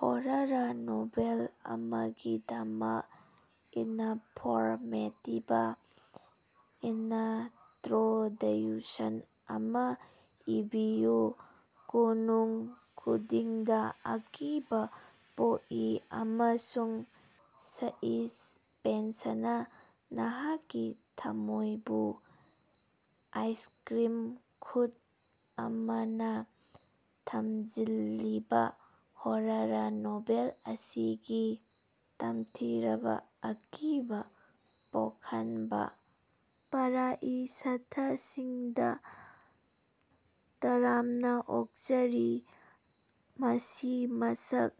Horror novel ꯑꯃꯒꯤꯗꯃꯛ informative introduction ꯑꯃ ꯏꯕꯤꯌꯨ꯫ ꯀꯣꯅꯨꯡ ꯈꯨꯗꯤꯡꯗ ꯑꯀꯤꯕ ꯄꯣꯛꯏ ꯑꯃꯁꯨꯡ ꯁꯁ꯭ꯄꯦꯟꯁꯅ ꯅꯍꯥꯛꯀꯤ ꯊꯝꯃꯣꯏꯕꯨ ꯑꯥꯏꯁꯀ꯭ꯔꯤꯝ ꯈꯨꯠ ꯑꯃꯅ ꯊꯝꯖꯤꯜꯂꯤꯕ ꯍꯣꯔꯔ ꯅꯣꯚꯦꯜ ꯑꯁꯤꯒꯤ ꯇꯝꯊꯤꯔꯕꯥ ꯑꯀꯤꯕ ꯄꯣꯛꯍꯟꯕ ꯄ꯭ꯔ꯭ꯏꯁ꯭ꯊꯥꯁꯤꯡꯗꯥ ꯇꯔꯥꯝꯅꯥ ꯑꯣꯛꯆꯔꯤ꯫ ꯃꯁꯤ ꯃꯁꯛ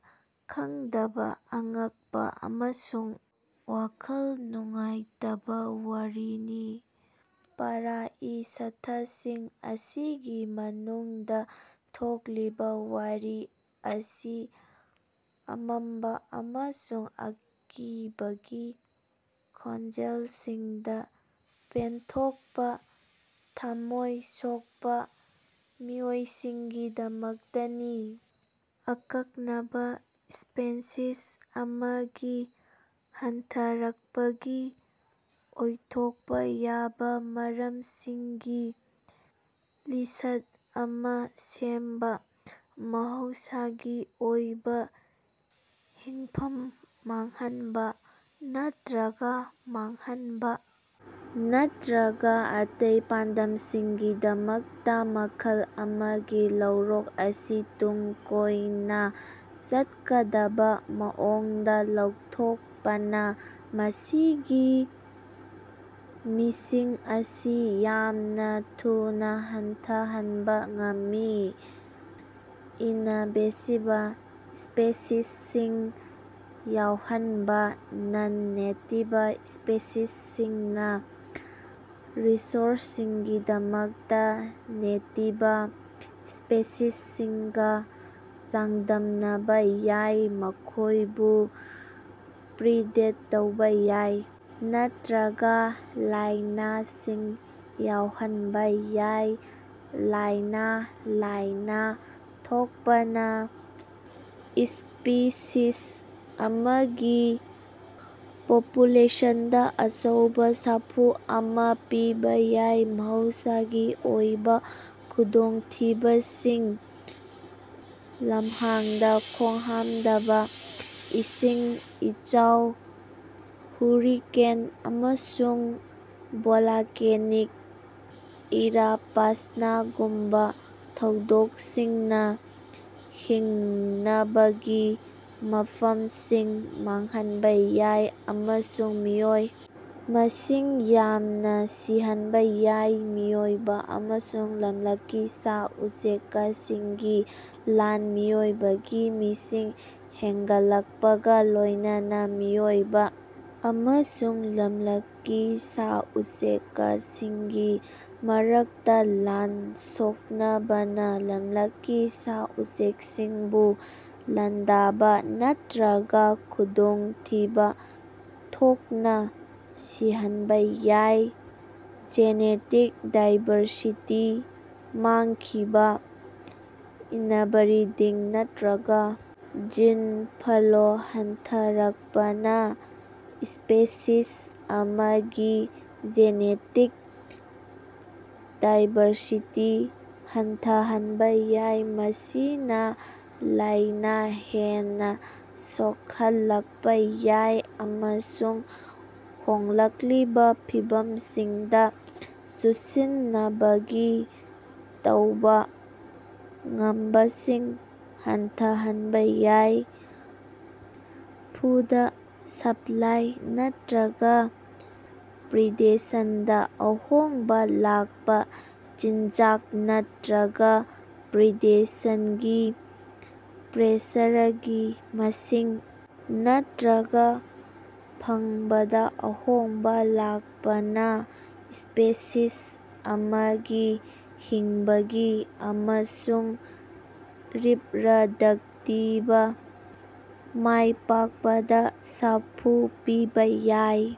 ꯈꯪꯗꯕ ꯑꯉꯛꯄ ꯑꯃꯁꯨꯡ ꯋꯥꯈꯜ ꯅꯨꯡꯉꯥꯏꯇꯕ ꯋꯥꯔꯤꯅꯤ꯫ ꯄ꯭ꯔ꯭ꯏꯁ꯭ꯊꯥꯁꯤꯡ ꯑꯁꯤꯒꯤ ꯃꯅꯨꯡꯗ ꯊꯣꯛꯂꯤꯕ ꯋꯥꯔꯤ ꯑꯁꯤ ꯑꯃꯝꯕ ꯑꯃꯁꯨꯡ ꯑꯀꯤꯕꯒꯤ ꯈꯣꯟꯖꯦꯜꯁꯤꯡꯗ ꯄꯦꯟꯊꯣꯛꯄ ꯊꯝꯃꯣꯏ ꯁꯣꯛꯄ ꯃꯤꯑꯣꯏꯁꯤꯡꯒꯤꯗꯃꯛꯇꯅꯤ꯫ ꯑꯀꯛꯅꯕꯥ ꯁ꯭ꯄꯦꯁꯤꯁ ꯑꯃꯒꯤ ꯍꯟꯊꯔꯛꯄꯒꯤ ꯑꯣꯏꯊꯣꯛꯄ ꯌꯥꯕ ꯃꯔꯝꯁꯤꯡꯒꯤ ꯂꯤꯁ꯭ꯠ ꯑꯃ ꯁꯦꯝꯕ꯫ ꯃꯍꯧꯁꯥꯒꯤ ꯑꯣꯏꯕ ꯍꯤꯡꯐꯝ ꯃꯥꯡꯍꯟꯕ ꯅꯠꯇ꯭ꯔꯒ ꯃꯥꯡꯍꯟꯕ: ꯅꯠꯇ꯭ꯔꯒ ꯑꯇꯩ ꯄꯥꯟꯗꯝꯁꯤꯡꯒꯤꯗꯃꯛꯇ ꯃꯈꯜ ꯑꯃꯒꯤ ꯂꯧꯔꯣꯛ ꯑꯁꯤ ꯇꯨꯡ ꯀꯣꯏꯅ ꯆꯠꯀꯗꯕ ꯃꯑꯣꯡꯗ ꯂꯧꯊꯣꯛꯄꯅ ꯃꯁꯤꯒꯤ ꯃꯤꯁꯤꯡ ꯑꯁꯤ ꯌꯥꯝꯅ ꯊꯨꯅ ꯍꯟꯊꯍꯟꯕ ꯉꯝꯃꯤ꯫ ꯏꯅꯚꯦꯁꯤꯕ ꯁ꯭ꯄꯦꯁꯤꯁꯁꯤꯡ ꯌꯥꯎꯍꯟꯕ: ꯅꯟ-ꯅꯦꯇꯤꯕ ꯁ꯭ꯄꯦꯁꯤꯁꯁꯤꯡꯅ ꯔꯤꯁꯣꯔꯁꯁꯤꯡꯒꯤꯗꯃꯛꯇ ꯅꯦꯇꯤꯕ ꯁ꯭ꯄꯦꯁꯤꯁꯁꯤꯡꯒ ꯆꯥꯡꯗꯝꯅꯕ ꯌꯥꯏ,꯫ ꯃꯈꯣꯏꯕꯨ ꯄ꯭ꯔꯤꯗꯦꯠ ꯇꯧꯕ ꯌꯥꯏ ꯅꯠꯇ꯭ꯔꯒ ꯂꯥꯏꯅꯥꯁꯤꯡ ꯌꯥꯎꯍꯟꯕ ꯌꯥꯏ꯫ ꯂꯥꯏꯅꯥ: ꯂꯥꯏꯅꯥ ꯊꯣꯛꯄꯅ ꯁ꯭ꯄꯤꯁꯤꯁ ꯑꯃꯒꯤ ꯄꯣꯄꯨꯂꯦꯁꯟꯗ ꯑꯆꯧꯕ ꯁꯥꯐꯨ ꯑꯃ ꯄꯤꯕ ꯌꯥꯏ꯫ ꯃꯍꯧꯁꯥꯒꯤ ꯑꯣꯏꯕ ꯈꯨꯗꯣꯡꯊꯤꯕꯁꯤꯡ: ꯂꯝꯍꯥꯡꯗ ꯈꯣꯡꯍꯥꯝꯗꯕ, ꯏꯁꯤꯡ ꯏꯆꯥꯎ, ꯍꯨꯔꯤꯀꯦꯟ, ꯑꯃꯁꯨꯡ ꯚꯣꯂꯀꯦꯅꯤꯛ ꯏꯔꯄꯁꯅꯒꯨꯝꯕꯥ ꯊꯧꯗꯣꯛꯁꯤꯡꯅ ꯍꯤꯡꯅꯕꯒꯤ ꯃꯐꯝꯁꯤꯡ ꯃꯥꯡꯍꯟꯕ ꯌꯥꯏ ꯑꯃꯁꯨꯡ ꯃꯤꯌꯣꯏ ꯃꯁꯤꯡ ꯌꯥꯝꯅ ꯁꯤꯍꯟꯕ ꯌꯥꯏ꯫ ꯃꯤꯑꯣꯏꯕ ꯑꯃꯁꯨꯡ ꯂꯝꯂꯛꯀꯤ ꯁꯥ-ꯎꯆꯦꯀꯁꯤꯡꯒꯤ ꯂꯥꯟ: ꯃꯤꯑꯣꯏꯕꯒꯤ ꯃꯤꯁꯤꯡ ꯍꯦꯅꯒꯠꯂꯛꯄꯒ ꯂꯣꯏꯅꯅ ꯃꯤꯑꯣꯏꯕ ꯑꯃꯁꯨꯡ ꯂꯝꯂꯛꯀꯤ ꯁꯥ-ꯎꯆꯦꯀꯁꯤꯡꯒꯤ ꯃꯔꯛꯇ ꯂꯥꯟ ꯁꯣꯛꯅꯕꯅ ꯂꯝꯂꯛꯀꯤ ꯁꯥ-ꯎꯆꯦꯛꯁꯤꯡꯕꯨ ꯂꯥꯟꯗꯥꯕ ꯅꯠꯇ꯭ꯔꯒ ꯈꯨꯗꯣꯡꯊꯤꯕ ꯊꯣꯛꯅ ꯁꯤꯍꯟꯕ ꯌꯥꯏ꯫ ꯖꯦꯅꯦꯇꯤꯛ ꯗꯥꯏꯕꯔꯁꯤꯇꯤ ꯃꯥꯡꯈꯤꯕꯥ: ꯏꯅꯕ꯭ꯔꯤꯗꯤꯡ ꯅꯠꯇ꯭ꯔꯒ ꯖꯤꯟ ꯐ꯭ꯂꯣ ꯍꯟꯊꯔꯛꯄꯅꯥ ꯁ꯭ꯄꯦꯁꯤꯁ ꯑꯃꯒꯤ ꯖꯦꯅꯦꯇꯤꯛ ꯗꯥꯏꯕꯔꯁꯤꯇꯤ ꯍꯟꯊꯍꯟꯕ ꯌꯥꯏ꯫ ꯃꯁꯤꯅ ꯂꯥꯏꯅ ꯍꯦꯟꯅ ꯁꯣꯛꯍꯟꯂꯛꯄ ꯌꯥꯏ ꯑꯃꯁꯨꯡ ꯍꯣꯡꯂꯛꯂꯤꯕ ꯐꯤꯚꯝꯁꯤꯡꯗ ꯆꯨꯁꯤꯟꯅꯕꯒꯤ ꯇꯧꯕ ꯉꯝꯕꯁꯤꯡ ꯍꯟꯊꯍꯟꯕ ꯌꯥꯏ꯫ ꯐꯨꯗ ꯁꯞꯂꯥꯏ ꯅꯠꯇ꯭ꯔꯒ ꯄ꯭ꯔꯤꯗꯦꯁꯟꯗ ꯑꯍꯣꯡꯕ ꯂꯥꯛꯄ: ꯆꯤꯟꯖꯥꯛ ꯅꯠꯇ꯭ꯔꯒ ꯄ꯭ꯔꯤꯗꯦꯁꯟꯒꯤ ꯄ꯭ꯔꯦꯁꯔꯒꯤ ꯃꯁꯤꯡ ꯅꯠꯇ꯭ꯔꯒ ꯐꯪꯕꯗ ꯑꯍꯣꯡꯕ ꯂꯥꯛꯄꯅ ꯁ꯭ꯄꯦꯁꯤꯁ ꯑꯃꯒꯤ ꯍꯤꯡꯕꯒꯤ ꯑꯃꯁꯨꯡ ꯔꯤꯞꯔꯗꯛꯇꯤꯚꯥ ꯃꯥꯏꯄꯥꯛꯄꯗ ꯁꯥꯐꯨ ꯄꯤꯕ ꯌꯥꯏ꯫